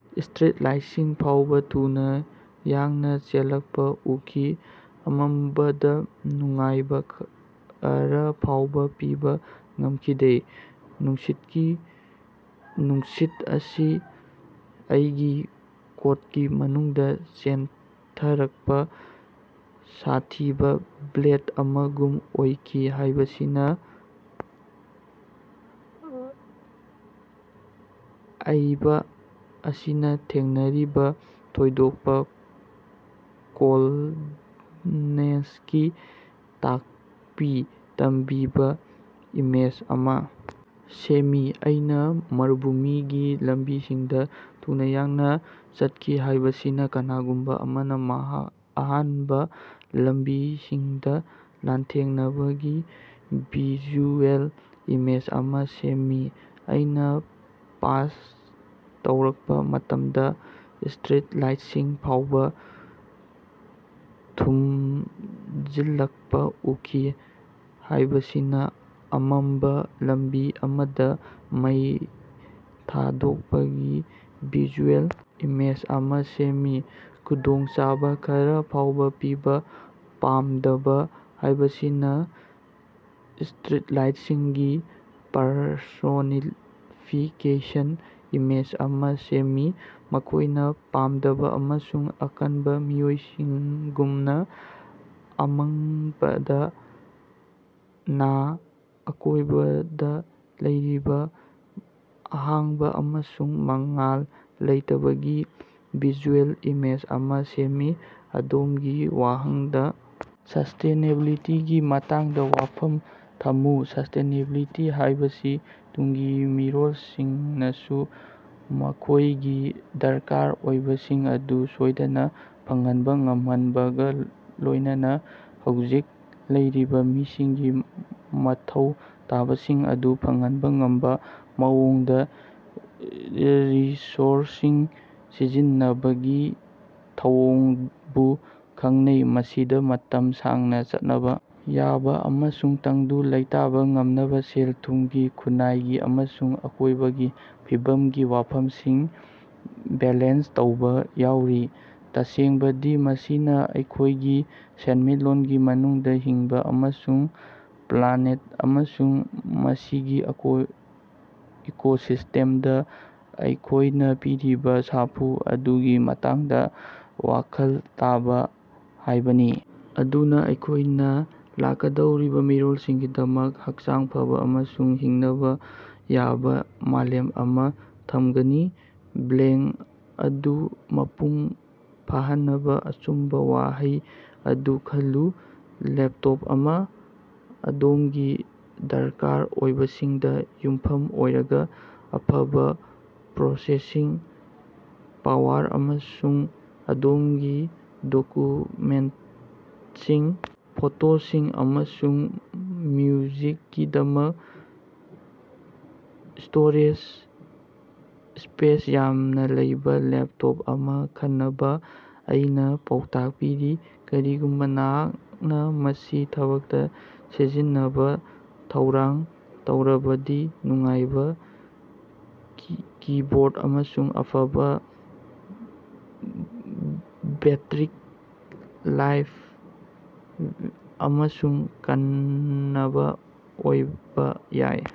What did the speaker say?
ꯁ꯭ꯇꯔꯤꯠꯂꯥꯏꯠꯁꯤꯡ ꯐꯥꯎꯕ ꯊꯨꯅꯥ ꯌꯥꯡꯅ ꯆꯦꯜꯂꯛꯄꯥ ꯎꯈꯤ, ꯑꯃꯝꯕꯗ ꯅꯨꯡꯉꯥꯏꯕ ꯈꯔꯥ ꯐꯥꯎꯕ ꯄꯤꯕ ꯄꯥꯝꯈꯤꯗꯦ꯫ ꯅꯨꯡꯁꯤꯠꯀꯤ ꯅꯨꯡꯁꯤꯠ ꯑꯁꯤ ꯑꯩꯒꯤ ꯀꯣꯠꯀꯤ ꯃꯅꯨꯡꯗꯥ ꯆꯦꯟꯊꯔꯛꯄꯥ ꯁꯥꯊꯤꯕꯥ ꯕ꯭ꯂꯦꯗ ꯑꯃꯒꯨꯝ ꯑꯣꯏꯈꯤ ꯍꯥꯏꯕꯁꯤꯅ ꯑ ꯑꯏꯕ ꯑꯁꯤꯅ ꯊꯦꯡꯅꯔꯤꯕ ꯊꯣꯏꯗꯣꯛꯄ ꯀꯣꯜꯗꯅꯦꯁꯀꯤ ꯇꯥꯛꯄꯤ ꯇꯝꯕꯤꯕ ꯏꯃꯦꯖ ꯑꯃꯥ ꯁꯦꯝꯃꯤ꯫ ꯑꯩꯅꯥ ꯃꯔꯨꯚꯨꯃꯤꯒꯤ ꯂꯝꯕꯤꯁꯤꯡꯗ ꯊꯨꯅ ꯌꯥꯡꯅ ꯆꯠꯈꯤ ꯍꯥꯏꯕꯁꯤꯅ ꯀꯅꯥꯒꯨꯝꯕ ꯑꯃꯅ ꯃꯍꯥꯛ ꯑꯍꯥꯟꯕ ꯂꯝꯕꯤꯁꯤꯡꯗ ꯂꯥꯟꯊꯦꯡꯅꯕꯒꯤ ꯚꯤꯖꯨꯑꯦꯜ ꯏꯃꯦꯖ ꯑꯃꯥ ꯁꯦꯝꯃꯤ꯫ ꯑꯩꯅꯥ ꯄꯥꯁ ꯇꯧꯔꯛꯄ ꯃꯇꯝꯗ ꯁ꯭ꯇꯔꯤꯠ ꯂꯥꯏꯠꯁꯤꯡ ꯐꯥꯎꯕ ꯊꯨꯝꯖꯤꯜꯂꯛꯄ ꯎꯈꯤ ꯍꯥꯏꯕꯁꯤꯅ ꯑꯃꯝꯕ ꯂꯝꯕꯤ ꯑꯃꯗ ꯃꯩ ꯊꯥꯗꯣꯛꯄꯒꯤ ꯚꯤꯖꯨꯑꯦꯜ ꯏꯃꯦꯖ ꯑꯃꯥ ꯁꯦꯝꯃꯤ꯫ ꯈꯨꯗꯣꯡꯆꯥꯕ ꯈꯔꯥ ꯐꯥꯎꯕ ꯄꯤꯕ ꯄꯥꯝꯗꯕ ꯍꯥꯏꯕꯁꯤꯅ ꯁ꯭ꯇꯔꯤꯠꯂꯥꯏꯠꯁꯤꯡꯒꯤ ꯄꯔꯁꯣꯅꯤꯐꯤꯀꯦꯁꯟ ꯏꯃꯦꯖ ꯑꯃꯥ ꯁꯦꯝꯃꯤ, ꯃꯈꯣꯏꯅꯥ ꯄꯥꯝꯗꯕ ꯑꯃꯁꯨꯡ ꯑꯀꯟꯕ ꯃꯤꯑꯣꯏꯁꯤꯡꯒꯨꯝꯅꯥ꯫ ꯑꯃꯪꯕꯗꯥ ꯅꯥ ꯑꯀꯣꯏꯕꯗ ꯂꯩꯔꯤꯕ ꯑꯍꯥꯡꯕ ꯑꯃꯁꯨꯡ ꯃꯉꯥꯜ ꯂꯩꯇꯕꯒꯤ ꯚꯤꯖꯨꯑꯦꯜ ꯏꯃꯦꯖ ꯑꯃꯥ ꯁꯦꯝꯃꯤ꯫ ꯑꯗꯣꯝꯒꯤ ꯋꯥꯍꯪꯗ, ꯁꯁ꯭ꯇꯦꯅꯦꯕꯤꯂꯤꯇꯤꯒꯤ ꯃꯇꯥꯡꯗ ꯋꯥꯐꯝ ꯊꯝꯃꯨ꯫ ꯁꯁ꯭ꯇꯦꯅꯦꯕꯤꯂꯤꯇꯤ ꯍꯥꯏꯕꯁꯤ ꯇꯨꯡꯒꯤ ꯃꯤꯔꯣꯜꯁꯤꯡꯅꯁꯨ ꯃꯈꯣꯏꯒꯤ ꯗꯔꯀꯥꯔ ꯑꯣꯏꯕꯁꯤꯡ ꯑꯗꯨ ꯁꯣꯏꯗꯅ ꯐꯪꯍꯟꯕ ꯉꯝꯍꯟꯕꯒ ꯂꯣꯏꯅꯅꯥ ꯍꯧꯖꯤꯛ ꯂꯩꯔꯤꯕ ꯃꯤꯁꯤꯡꯒꯤ ꯃꯊꯧ ꯇꯥꯕꯁꯤꯡ ꯑꯗꯨ ꯐꯪꯍꯟꯕ ꯉꯝꯕ ꯃꯑꯣꯡꯗ ꯔ ꯔꯤꯁꯣꯔꯁꯁꯤꯡ ꯁꯤꯖꯤꯟꯅꯕꯒꯤ ꯊꯧꯑꯣꯡꯕꯨ ꯈꯪꯅꯩ꯫ ꯃꯁꯤꯗ ꯃꯇꯝ ꯁꯥꯡꯅ ꯆꯠꯅꯕ ꯌꯥꯕ ꯑꯃꯁꯨꯡ ꯇꯪꯗꯨ ꯂꯩꯇꯥꯕ ꯉꯝꯅꯕ ꯁꯦꯜ-ꯊꯨꯝꯒꯤ, ꯈꯨꯟꯅꯥꯏꯒꯤ ꯑꯃꯁꯨꯡ ꯑꯀꯣꯏꯕꯒꯤ ꯐꯤꯕꯝꯒꯤ ꯋꯥꯐꯝꯁꯤꯡ ꯕꯦꯂꯦꯟꯁ ꯇꯧꯕ ꯌꯥꯎꯔꯤ꯫ ꯇꯁꯦꯡꯕꯗꯤ ꯃꯁꯤꯅꯥ ꯑꯩꯈꯣꯏꯒꯤ ꯁꯦꯟꯃꯤꯠꯂꯣꯟꯒꯤ ꯃꯅꯨꯡꯗ ꯍꯤꯡꯕ ꯑꯃꯁꯨꯡ ꯄ꯭ꯂꯥꯅꯦꯠ ꯑꯃꯁꯨꯡ ꯃꯁꯤꯒꯤ ꯑꯀ‌ꯣꯏ ꯏꯀꯣꯁꯤꯁ꯭ꯇꯦꯝꯗ ꯑꯩꯈꯣꯏꯅꯥ ꯄꯤꯔꯤꯕ ꯁꯥꯐꯨ ꯑꯗꯨꯒꯤ ꯃꯇꯥꯡꯗ ꯋꯥꯈꯜ ꯇꯥꯕ ꯍꯥꯏꯕꯅꯤ, ꯑꯗꯨꯅ ꯑꯩꯈꯣꯏꯅ ꯂꯥꯛꯀꯗꯧꯔꯤꯕ ꯃꯤꯔꯣꯜꯁꯤꯡꯒꯤꯗꯃꯛ ꯍꯛꯆꯥꯡ ꯐꯕꯥ ꯑꯃꯁꯨꯡ ꯍꯤꯡꯅꯕ ꯌꯥꯕ ꯃꯥꯂꯦꯝ ꯑꯃꯥ ꯊꯝꯒꯅꯤ꯫ ꯕ꯭ꯂꯦꯡ ꯑꯗꯨ ꯃꯄꯨꯡ ꯐꯥꯍꯟꯅꯕꯥ ꯑꯆꯨꯝꯕꯥ ꯋꯥꯍꯩ ꯑꯗꯨ ꯈꯜꯂꯨ꯫ ꯂꯦꯞꯇꯣꯞ ꯑꯃ꯫ ꯑꯗꯣꯝꯒꯤ ꯗꯔꯀꯥꯔ ꯑꯣꯏꯕꯁꯤꯡꯗꯥ ꯌꯨꯝꯐꯝ ꯑꯣꯏꯔꯒꯥ, ꯑꯐꯕ ꯄ꯭ꯔꯣꯁꯦꯁꯤꯡ ꯄꯥꯋꯔ ꯑꯃꯁꯨꯡ ꯑꯗꯣꯝꯒꯤ ꯗꯣꯀꯨꯃꯦꯟꯇꯁꯤꯡ, ꯐꯣꯇꯣꯁꯤꯡ, ꯑꯃꯁꯨꯡ ꯃ꯭ꯌꯨꯖꯤꯛꯀꯤꯗꯃꯛ ꯁ꯭ꯇꯣꯔꯦꯖ ꯁ꯭ꯄꯦꯁ ꯌꯥꯝꯅ ꯂꯩꯕ ꯂꯦꯄꯇꯣꯞ ꯑꯃꯥ ꯈꯟꯅꯅꯕ ꯑꯩꯅ ꯄꯥꯎꯇꯥꯛ ꯄꯤꯔꯤ꯫ ꯀꯔꯤꯒꯨꯝꯕ ꯅꯍꯥꯛꯅ ꯃꯁꯤ ꯊꯕꯛꯇ ꯁꯤꯖꯤꯟꯅꯅꯕ ꯊꯧꯔꯥꯡ ꯇꯧꯔꯕꯗꯤ, ꯅꯨꯡꯉꯥꯏꯕ ꯀꯤ ꯀꯤꯕꯣꯔꯗ ꯑꯃꯁꯨꯡ ꯑꯐꯕꯥ ꯕꯦꯠꯇꯔꯤꯛ ꯂꯥꯏꯐ ꯑꯃꯁꯨꯡ ꯀꯟꯅꯕ ꯑꯣꯏꯕ ꯌꯥꯏ꯫